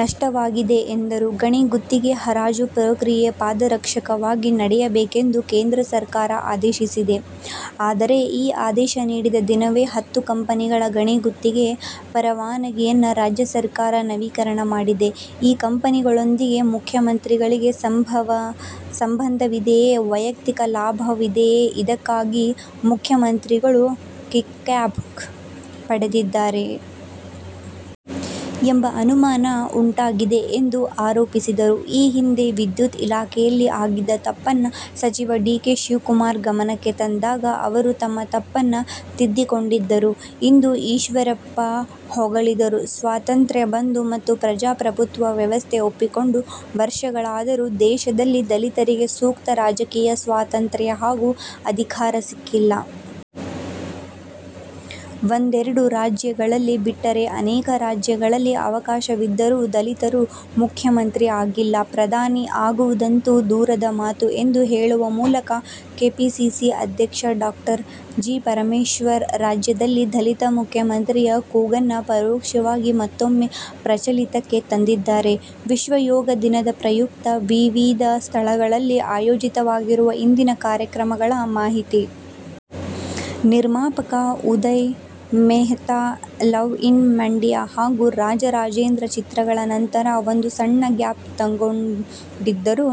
ನಷ್ಟವಾಗಿದೆ ಎಂದರು. ಗಣಿ ಗುತ್ತಿಗೆ ಹರಾಜು ಪ್ರಕ್ರಿಯೆ ಪಾರದರ್ಶಕವಾಗಿ ನಡೆಯಬೇಕೆಂದು ಕೇಂದ್ರ ಸರ್ಕಾರ ಆದೇಶಿಸಿದೆ. ಆದರೆ ಈ ಆದೇಶ ನೀಡಿದ ದಿನವೇ ಹತ್ತು ಕಂಪನಿಗಳ ಗಣಿ ಗುತ್ತಿಗೆ ಪರವಾನಗಿಯನ್ನು ರಾಜ್ಯ ಸರ್ಕಾರ ನವೀಕರಣ ಮಾಡಿದೆ. ಈ ಕಂಪನಿಗಳೊಂದಿಗೆ ಮುಖ್ಯಮಂತ್ರಿಗಳಿಗೆ ಸಂಬಂಧವಿದೆಯೇ? ವೈಯಕ್ತಿಕ ಲಾಭವಿದೆಯೇ? ಇದಕ್ಕಾಗಿ ಮುಖ್ಯಮಂತ್ರಿಗಳು ಕಿಕ್ಬ್ಯಾಕ್ ಪಡೆದಿದ್ದಾರೆಯೇ? ಎಂಬ ಅನುಮಾನ ಉಂಟಾಗಿದೆ ಎಂದು ಆರೋಪಿಸಿದರು. ಈ ಹಿಂದೆ ವಿದ್ಯುತ್ ಇಲಾಖೆಯಲ್ಲಿ ಆಗಿದ್ದ ತಪ್ಪನ್ನು ಸಚಿವ ಡಿ. ಕೆ. ಶಿವಕುಮಾರ್ ಗಮನಕ್ಕೆ ತಂದಾಗ ಅವರು ತಮ್ಮ ತಪ್ಪನ್ನು ತಿದ್ದಿಕೊಂಡಿದ್ದರು ಎಂದು ಈಶ್ವರಪ್ಪ ಹೊಗಳಿದರು. "ಸ್ವಾತಂತ್ರ್ಯ ಬಂದು ಮತ್ತು ಪ್ರಜಾಪ್ರಭುತ್ವ ವ್ಯವಸ್ಥೆ ಒಪ್ಪಿಕೊಂಡು ವರ್ಷಗಳಾದರೂ ದೇಶದಲ್ಲಿದಲಿತರಿಗೆ ಸೂಕ್ತ ರಾಜಕೀಯ ಸ್ವಾತಂತ್ರ್ಯ ಹಾಗೂ ಅಧಿಕಾರ ಸಿಕ್ಕಿಲ್ಲ. ಒಂದೆರಡು ರಾಜ್ಯಗಳಲ್ಲಿ ಬಿಟ್ಟರೆ, ಅನೇಕರಾಜ್ಯಗಳಲ್ಲಿ ಅವಕಾಶವಿದ್ದರೂ ದಲಿತರು ಮುಖ್ಯಮಂತ್ರಿ ಆಗಿಲ್ಲ, ಪ್ರಧಾನಿ ಆಗುವುದಂತೂ ದೂರದ ಮಾತು' ಎಂದು ಹೇಳುವ ಮೂಲಕ ಕೆಪಿಸಿಸಿ ಅಧ್ಯಕ್ಷ ಡಾ. ಜಿ. ಪರಮೇಶ್ವರ್, ರಾಜ್ಯದಲ್ಲಿ ದಲಿತ ಮುಖ್ಯಮಂತ್ರಿಯ ಕೂಗನ್ನುಪರೋಕ್ಷವಾಗಿ ಮತ್ತೂಮ್ಮೆ ಪ್ರಚಲಿತಕ್ಕೆ ತಂದಿದ್ದಾರೆ. ವಿಶ್ವ ಯೋಗ ದಿನದ ಪ್ರಯುಕ್ತ ವಿವಿಧ ಸ್ಥಳಗಳಲ್ಲಿ ಆಯೋಜಿತವಾಗಿರುವ ಇಂದಿನ ಕಾರ್ಯಕ್ರಮಗಳ ಮಾಹಿತಿ. ನಿರ್ಮಾಪಕ ಉದಯ್ ಮೆಹ್ತಾ "ಲವ್ ಇನ್ ಮಂಡ್ಯ' ಹಾಗೂ "ರಾಜ ರಾಜೇಂದ್ರ' ಚಿತ್ರಗಳ ನಂತರ ಒಂದು ಸಣ್ಣ ಗ್ಯಾಪ್ ತಗೊಂಡಿದ್ದರು.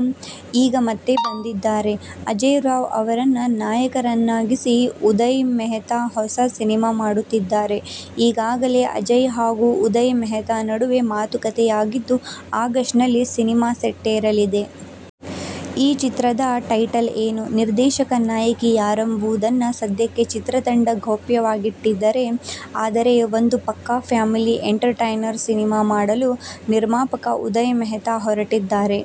ಈಗ ಮತ್ತೆ ಬಂದಿದ್ದಾರೆ. ಅಜೇಯ್ ರಾವ್ ಅವರನ್ನು ನಾಯಕರನ್ನಾಗಿಸಿ ಉದಯ್ ಮೆಹ್ತಾ ಹೊಸ ಸಿನಿಮಾ ಮಾಡುತ್ತಿದ್ದಾರೆ. ಈಗಾಗಲೇ ಅಜೇಯ್ ಹಾಗೂ ಉದಯ್ ಮೆಹ್ತಾ ನಡುವೆ ಮಾತುಕತೆಯಾಗಿದ್ದು, ಆಗಸ್ಟ್ನಲ್ಲಿ ಸಿನಿಮಾ ಸೆಟ್ಟೇರಲಿದೆ. ಈ ಚಿತ್ರದ ಟೈಟಲ್ ಏನು, ನಿರ್ದೇಶಕ, ನಾಯಕಿ ಯಾರೆಂಬುದನ್ನು ಸದ್ಯಕ್ಕೆ ಚಿತ್ರತಂಡ ಗೌಪ್ಯವಾಗಿಟ್ಟಿದೆ. ಆದರೆ, ಒಂದು ಪಕ್ಕಾ ಫ್ಯಾಮಿಲಿ ಎಂಟರ್ಟೈನರ್ ಸಿನಿಮಾ ಮಾಡಲು ನಿರ್ಮಾಪಕ ಉದಯ್ ಮೆಹ್ತಾ ಹೊರಟಿದ್ದಾರೆ.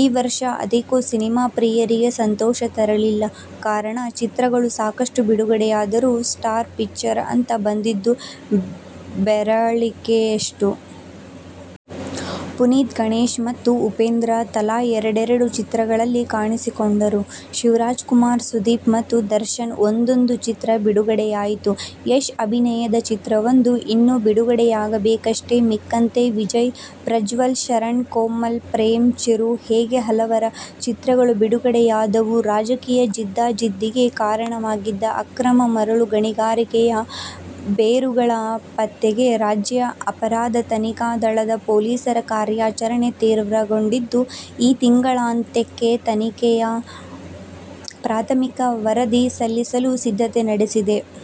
ಈ ವರ್ಷ ಅದೇಕೋ ಸಿನಿಮಾ ಪ್ರಿಯರಿಗೆ ಸಂತೋಷ ತರಲಿಲ್ಲ. ಕಾರಣ ಚಿತ್ರಗಳು ಸಾಕಷ್ಟು ಬಿಡುಗಡೆಯಾದರೂ ಸ್ಟಾರ್ ಪಿಕ್ಚರ್ ಅಂತ ಬಂದಿದ್ದು ಬೆರಳಿಣಿಕೆಯಷ್ಟು. ಪುನೀತ್, ಗಣೇಶ್ ಮತ್ತು ಉಪೇಂದ್ರ ತಲಾ ಎರಡೆರೆಡು ಚಿತ್ರಗಳಲ್ಲಿ ಕಾಣಿಸಿಕೊಂಡರು. ಶಿವರಾಜಕುಮಾರ್, ಸುದೀಪ್ ಮತ್ತು ದರ್ಶನ್ ಒಂದೊಂದು ಚಿತ್ರ ಬಿಡುಗಡೆಯಾಯಿತು. ಯಶ್ ಅಭಿನಯದ ಚಿತ್ರವೊಂದು ಇನ್ನೂ ಬಿಡುಗಡೆಯಾಗಬೇಕಷ್ಟೇ. ಮಿಕ್ಕಂತೆ ವಿಜಯ್, ಪ್ರಜ್ವಲ್, ಶರಣ್, ಕೋಮಲ್, ಪ್ರೇಮ್, ಚಿರು ಹೀಗೆ ಹಲವರ ಚಿತ್ರಗಳು ಬಿಡುಗಡೆಯಾದವು. ರಾಜಕೀಯ ಜಿದ್ದಾಜಿದ್ದಿಗೆ ಕಾರಣವಾಗಿದ್ದ "ಅಕ್ರಮ ಮರಳು ಗಣಿಗಾರಿಕೆ'ಯ ಬೇರುಗಳ ಪತ್ತೆಗೆ ರಾಜ್ಯ ಅಪರಾಧ ತನಿಖಾ ದಳ ದ ಪೊಲೀಸರ ಕಾರ್ಯಾಚರಣೆ ತೀವ್ರಗೊಂಡಿದ್ದು, ಈ ತಿಂಗಳಾಂತ್ಯಕ್ಕೆ ತನಿಖೆಯ ಪ್ರಾಥಮಿಕ ವರದಿ ಸಲ್ಲಿಸಲು ಸಿದ್ಧತೆ ನಡೆಸಿದೆ.